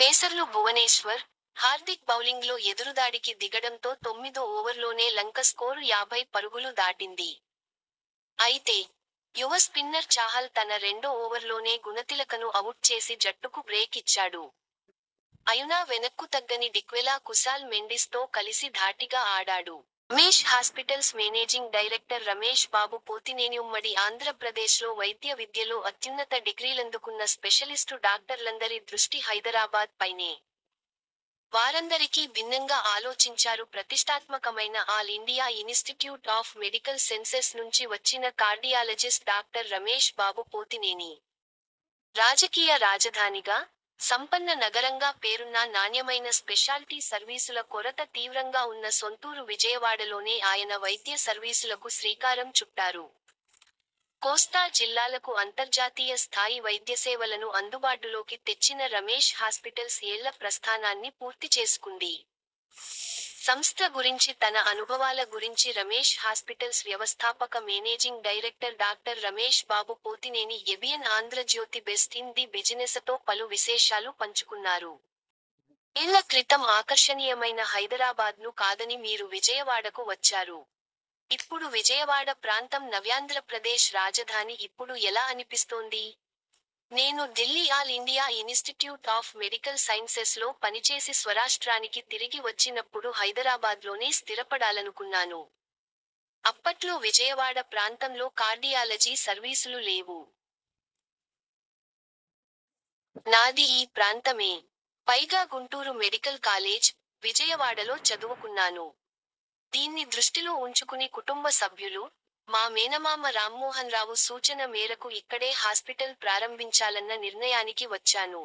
పేసర్లు భువనేశ్వర్, హార్దిక్ బౌలింగ్లో ఎదురుదాడికి దిగడంతో తొమ్మిదో ఓవర్లోనే లంక స్కోరు యాభై పరుగులు దాటింది. అయితే, యువ స్పిన్నర్ చాహల్ తన రెండో ఓవర్లోనే గుణతిలకను అవుట్ చేసి జట్టుకు బ్రేక్ ఇచ్చాడు. అయునా వెనక్కుతగ్గని డిక్వెలా కుశాల్ మెండిస్ తో కలిసి ధాటిగా ఆడాడు. Ramesh hospitals managing director Ramesh Babu పోతినేనిఉమ్మడి ఆంధ్రప్రదేశ్లో వైద్య విద్యలో అత్యున్నత డిగ్రీలందుకున్న స్పెషలిస్టు డాక్టర్లందరి దృష్టి హైదరాబాద్ పైనే. వారందరికీ భిన్నంగా ఆలోచించారు ప్రతిష్టాత్మకమైన all India institute of medical sciences నుంచి వచ్చిన కార్డియాలజిస్ట్ డాక్టర్ రమేష్ బాబు పోతినేని. రాజకీయ రాజధానిగా, సంపన్న నగరంగా పేరున్నా నాణ్యమైన స్పెషాల్టీ సర్వీసుల కొరత తీవ్రంగా ఉన్న సొంతూరు విజయవాడలోనే ఆయన వైద్య సర్వీసులకు శ్రీకారం చుట్టారు. కోస్తా జిల్లాలకు అంతర్జాతీయ స్థాయి వైద్యసేవలను అందుబాటులోకి తెచ్చిన రమేష్ హాస్పిటల్స్ ఏళ్ల ప్రస్థానాన్ని పూర్తిచేసుకుంది. సంస్థ గురించి తన అనుభవాల గురించి రమేష్ హాస్పిటల్స్ వ్యవస్థాపక managing director doctor Ramesh Babu Potineni ABN Andhrajyothy best in the బిజినె్సతో పలు విశేషాలు పంచుకున్నారు. ఏళ్ల క్రితం ఆకర్షణీయమైన హైదరాబాద్ను కాదని మీరు విజయవాడకు వచ్చారు. ఇప్పుడు విజయవాడ ప్రాంతం నవ్యాంధ్రప్రదేశ్ రాజధాని ఇప్పుడు ఎలా అనిపిస్తోంది? నేను Delhi all India institute of medical sciences లో పనిచేసి స్వరాష్ట్రానికి తిరిగి వచ్చినప్పుడు హైదరాబాద్లోనే స్థిరపడాలనుకున్నాను. అప్పట్లో విజయవాడ ప్రాంతంలో కార్డియాలజీ సర్వీసులు లేవు. నాది ఈ ప్రాంతమే. పైగా గుంటూరు మెడికల్ కాలేజ్, విజయవాడలో చదువుకున్నాను. దీన్ని దృష్టిలో ఉంచుకుని కుటుంబ సభ్యులు, మా మేనమామ రామ్మోహన్రావు సూచన మేరకు ఇక్కడే హాస్పిటల్ ప్రారంభించాలన్న నిర్ణయానికి వచ్చాను.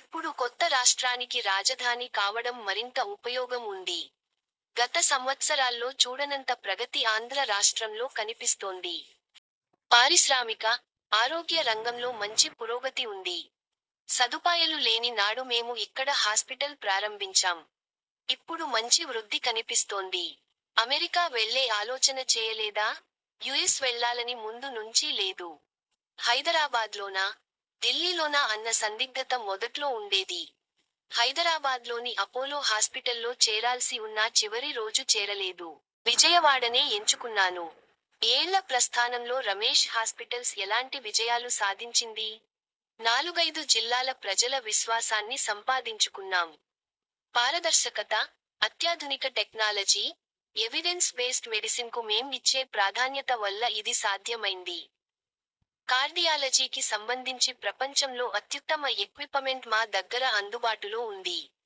ఇప్పుడు కొత్త రాష్ట్రానికి రాజధాని కావడం మరింత ఉపయోగం ఉంది. గత సంవత్సరాల్లో చూడనంత ప్రగతి ఆంధ్ర రాష్ట్రంలో కనిపిస్తోంది. పారిశ్రామిక, ఆరోగ్య రంగంలో మంచి పురోగతి ఉంది. సదుపాయలు లేని నాడు మేము ఇక్కడ హాస్పిటల్ ప్రారంభించాం. ఇప్పుడు మంచి వృద్ధి కనిపిస్తోంది. అమెరికా వెళ్లే ఆలోచన చేయలేదా? యుఎస్ వెళ్లాలని ముందు నుంచీ లేదు. హైదరాబాద్లోనా, ఢిల్లీలోనా అన్న సందిగ్ధత మొదట్లో ఉండేది. హైదరాబాద్లోని అపోలో హాస్పిటల్లో చేరాల్సి ఉన్నా చివరి రోజు చేరలేదు. విజయవాడనే ఎంచుకున్నాను. ఏళ్ల ప్రస్థానంలో రమేష్ హాస్పిటల్స్ ఎలాంటి విజయాలు సాధించింది? నాలుగైదు జిల్లాల ప్రజల విశ్వాసాన్ని సంపాదించుకున్నాం. పారదర్శకత, అత్యాధునిక టెక్నాలజీ, ఎవిడెన్స్ బేస్డ్ మెడిసిన్కు మేం ఇచ్చే ప్రాధాన్యత వల్ల ఇది సాధ్యమైంది. కార్డియాలజీకి సంబంధించి ప్రపంచంలో అత్యుత్తమ ఎక్వి్పమెంట్ మా దగ్గర అందుబాటులో ఉంది.